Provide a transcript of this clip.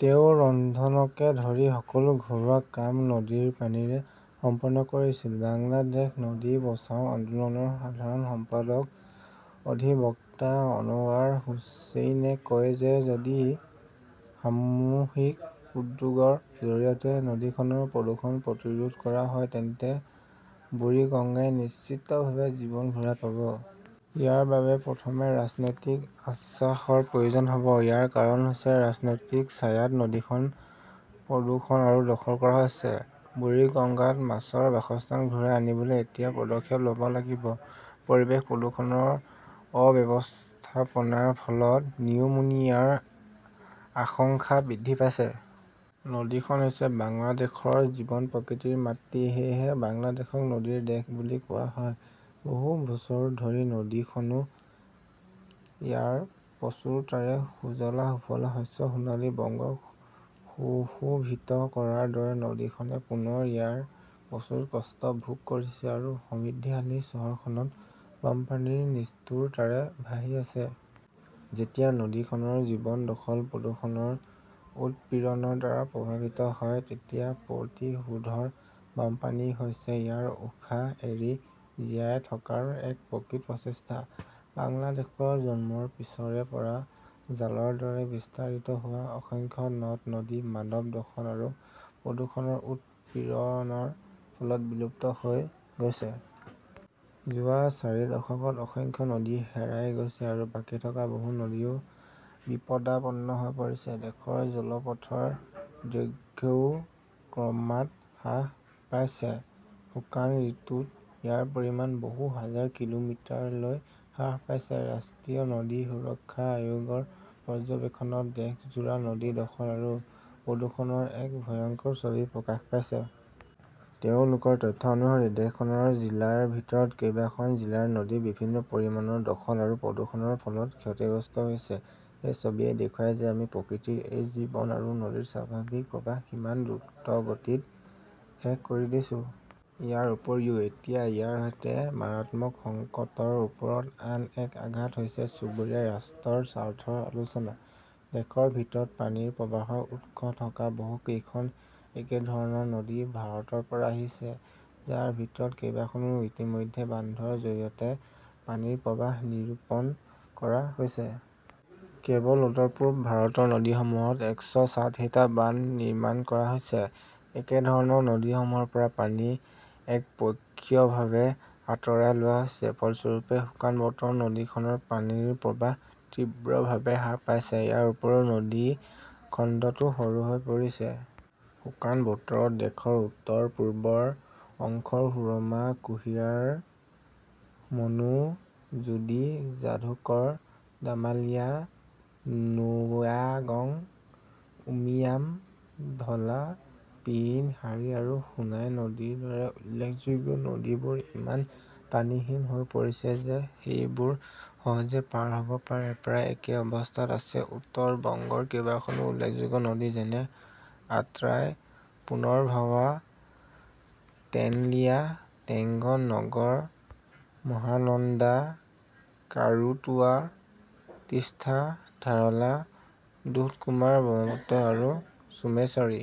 তেওঁ ৰন্ধনকে ধৰি সকলো ঘৰুৱা কাম নদীৰ পানীৰে সম্পন্ন কৰিছিল। বাংলাদেশ নদী বচাও আন্দোলনৰ সাধাৰণ সম্পাদক অধিবক্তা অনৱাৰ হুচেইনে কয় যে যদি সামূহিক উদ্যোগৰ জৰিয়তে নদীখনৰ প্ৰদূষণ প্ৰতিৰোধ কৰা হয় তেন্তে বুৰিগংগাই নিশ্চিতভাৱে জীৱন ঘূৰাই পাব। ইয়াৰ বাবে প্ৰথমে ৰাজনৈতিক আশ্বাসৰ প্ৰয়োজন হ'ব। ইয়াৰ কাৰণ হৈছে ৰাজনৈতিক ছায়াত নদীখন প্ৰদূষণ আৰু দখল কৰা হৈছে। বুৰিগাংগাত মাছৰ বাসস্থান ঘূৰাই আনিবলৈ এতিয়া পদক্ষেপ ল'ব লাগিব। পৰিৱেশ প্ৰদূষণৰ অব্যৱস্থাপনাৰ ফলত নিউমোনিয়াৰ আশংকা বৃদ্ধি পাইছে। নদীখন হৈছে বাংলাদেশৰ জীৱন-প্ৰকৃতিৰ মাতৃ। সেয়েহে বাংলাদেশক নদীৰ দেশ বুলি কোৱা হয়। বহু বছৰ ধৰি নদীখনে ইয়াৰ প্ৰচুৰতাৰে সুজলা-সুফলা শস্য-সোণালী বংগক সুশোভিত কৰাৰ দৰে, নদীখনে পুনৰ ইয়াৰ প্ৰচুৰ কষ্ট ভোগ কৰিছে আৰু সমৃদ্ধিশালী চহৰখনত বানপানীৰ নিষ্ঠুৰতাৰে ভাহি আছে। যেতিয়া নদীখনৰ জীৱন দখল-প্ৰদূষণৰ উৎপীড়নৰ দ্বাৰা প্ৰভাৱিত হয়, তেতিয়া প্ৰতিশোধৰ বানপানী হৈছে ইয়াৰ উশাহ এৰি জীয়াই থকাৰ এক প্ৰকৃত প্ৰচেষ্টা। বাংলাদেশৰ জন্মৰ পিছৰে পৰা জালৰ দৰে বিস্তাৰিত হোৱা অসংখ্য নদ-নদী মানৱ দখল আৰু প্ৰদূষণৰ উৎপীড়নৰ ফলত বিলুপ্ত হৈ গৈছে। যোৱা চাৰি দশকত অসংখ্য নদী হেৰাই গৈছে আৰু বাকী থকা বহু নদীও বিপদাপন্ন হৈ পৰিছে। দেশৰ জলপথৰ দৈৰ্ঘ্যও ক্ৰমাৎ হ্ৰাস পাইছে। শুকান ঋতুত ইয়াৰ পৰিমাণ বহু হাজাৰ কিলোমিটাৰলৈ হ্ৰাস পাইছে। ৰাষ্ট্ৰীয় নদী সুৰক্ষা আয়োগৰ পৰ্যবেক্ষণত দেশজোৰা নদী দখল আৰু প্ৰদূষণৰ এক ভয়ংকৰ ছবি প্ৰকাশ পাইছে। তেওঁলোকৰ তথ্য অনুসৰি, দেশখনৰ জিলাৰ ভিতৰত কেইবাখন জিলাৰ নদী বিভিন্ন পৰিমাণৰ দখল আৰু প্ৰদূষণৰ ফলত ক্ষতিগ্ৰস্ত হৈছে। এই ছবিয়ে দেখুৱায় যে আমি প্ৰকৃতিৰ এই জীৱন আৰু নদীৰ স্বাভাৱিক প্ৰবাহ কিমান দ্ৰুতগতিত শেষ কৰি দিছো। ইয়াৰ উপৰিও, এতিয়া ইয়াৰ সৈতে মাৰাত্মক সংকটৰ ওপৰত আন এক আঘাত হৈছে চুবুৰীয়া ৰাষ্ট্ৰৰ স্বাৰ্থৰ আলোচনা। দেশৰ ভিতৰত পানীৰ প্ৰৱাহৰ উৎস থকা বহু কেইখন একেধৰণৰ নদী ভাৰতৰ পৰা আহিছে, যাৰ ভিতৰত কেইবাখন ইতিমধ্যে বান্ধৰ জৰিয়তে পানীৰ প্ৰৱাহ নিৰূপণ কৰা হৈছে। কেৱল উত্তৰ-পূব ভাৰতৰ নদীসমূহত একশ ষাঠিটা বান্ধ নিৰ্মাণ কৰা হৈছে। একেধৰণৰ নদীসমূহৰ পৰা পানী একপক্ষীয়ভাৱে আঁতৰাই লোৱা হৈছে। ফলস্বৰূপে, শুকান বতৰত নদীখনৰ পানীৰ প্ৰৱাহ তীব্ৰভাৱে হ্ৰাস পাইছে। ইয়াৰ উপৰিও নদী খণ্ডটো সৰু হৈ পৰিছে। শুকান বতৰত, দেশৰ উত্তৰ-পূবৰ অংশৰ সুৰমা, কুশিয়াৰা, মনু, জোডি, যাদুকৰ, দামালিয়া, নোয়াগং, উমিয়াম, ধলা, পিয়িন, শাৰী আৰু সোনাই নদীৰ দৰে উল্লেখযোগ্য নদীবোৰ ইমান পানীহীন হৈ পৰিছে যে সেইবোৰ সহজে পাৰ হ'ব পাৰে। প্ৰায় একে অৱস্থাত আছে উত্তৰ বংগৰ কেইবাখন উল্লেখযোগ্য নদী যেনে আট্ৰাই, পুনৰভাৱা, তেন্তুলিয়া, টেংগন, নগৰ, মহানন্দা, কাৰুতোৱা, তিষ্টা, ধাৰলা, দুধকুমাৰ, ব্ৰহ্মপুত্ৰ আৰু সোমেশ্বৰী।